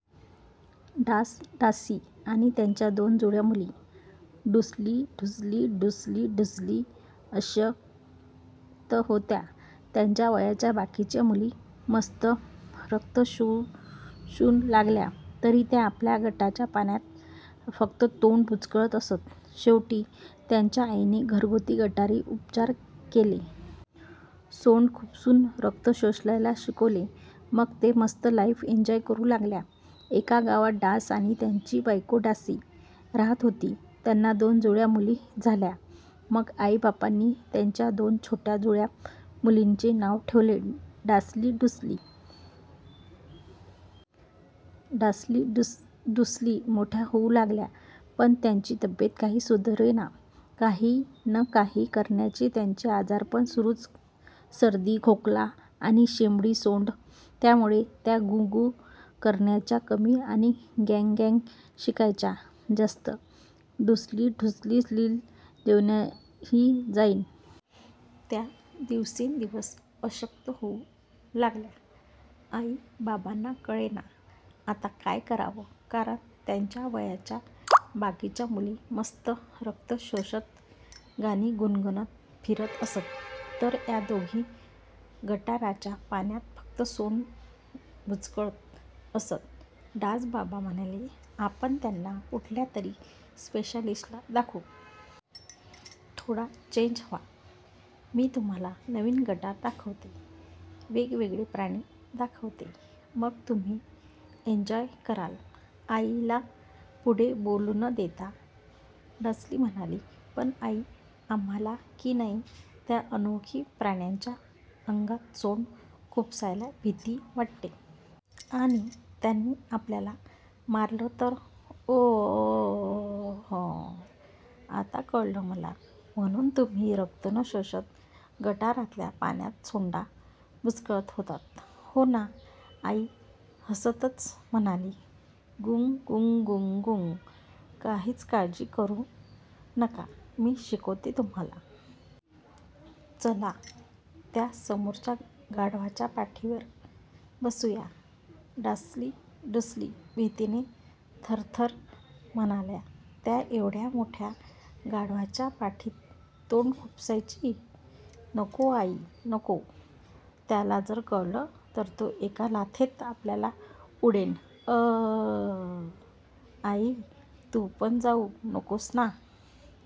डास-डासी आणि त्यांच्या दोन जुळ्या मुली डासुली, डुसुली. डासुली, डुसुली अशक्त होत्या. त्यांच्या वयाच्या बाकीच्या मुली मस्त रक्त शोषू लागल्या तरी या आपल्या गटाराच्या पाण्यात फक्त सोंड बुचकळत असत. शेवटी त्यांच्या आईने 'घरगुती गटारी' उपचार केले. सोंड खुपसून रक्त शोषायला शिकवले... मग त्या मस्त लाईफ एन्जॉय करू लागल्या! एका गावात डास आणि त्याची बायको डासी राहात होते. त्यांना दोन जुळ्या मुली झाल्या. मग आई-बाबांनी त्यांच्या दोन छोट्या जुळ्या मुलींची नावं ठेवली डासुली आणि डुसुली. डासुली, डुसुली मोठ्या होऊ लागल्या, पण त्यांची तब्येत काही सुधरेना. काही न काही कारणाने त्यांचं आजारपण सुरूच. सर्दी, खोकला आणि शेंबडी सोंड. त्यामुळे त्या गूंगूं करायच्या कमी आणि गॅंगॅं मॅंगॅं शिंकायच्या जास्ती. डासुली, डुसुलीला जेवणही जाईना. त्या दिवसेंदिवस अशक्त होऊ लागल्या. आई बाबांना कळेना आता काय करावं. कारण त्यांच्या वयाच्या बाकीच्या मुली मस्त रक्त शोषत, गाणी गुणगुणत फिरत असत. तर या दोघी गटाराच्या पाण्यात फक्त सोंड बुचकळत असत. डास बाबा म्हणाले, "आपण यांना कुठल्यातरी स्पेशालिस्टला दाखवूया. थोडा चेंज हवाच. मी तुम्हांला नवीन गटारं दाखवते. वेगवेगळे प्राणी दाखवते. मग तुम्ही एन्जॉय कराल.. " आईला पुढे बोलू न देता डासुली म्हणाली, "पण आई, आम्हांला किनई त्या अनोळखी प्राण्यांच्या अंगात सोंड खुपसायलाच भीती वाटते. आणि त्यांनी आपल्याला मारलं तर?.. " "ओऽऽऽह! आता कळलं मला. म्हणून तुम्ही रक्त न शोषता गटारातल्या पाण्यात सोंडा बुचकळत होतात. हो ना? " आई हसतच म्हणाली, "गूंग गगॅंगूं. काहीच काळजी करू नका. मी शिकवते तुम्हांला. चला त्या समोरच्या गाढवाच्या पाठीवर बसूया.. " डासुली, डुसुली भीतीने थरथरत म्हणाल्या, "त्या एव्हढ्या मोठ्या गाढवाच्या पाठीत सोंड खुपसायची? नको आई नको. त्याला जर कळलं तर तो एका लाथेत आपल्या उडवेल. अंऽऽ आई तू पण जाऊ नकोस ना..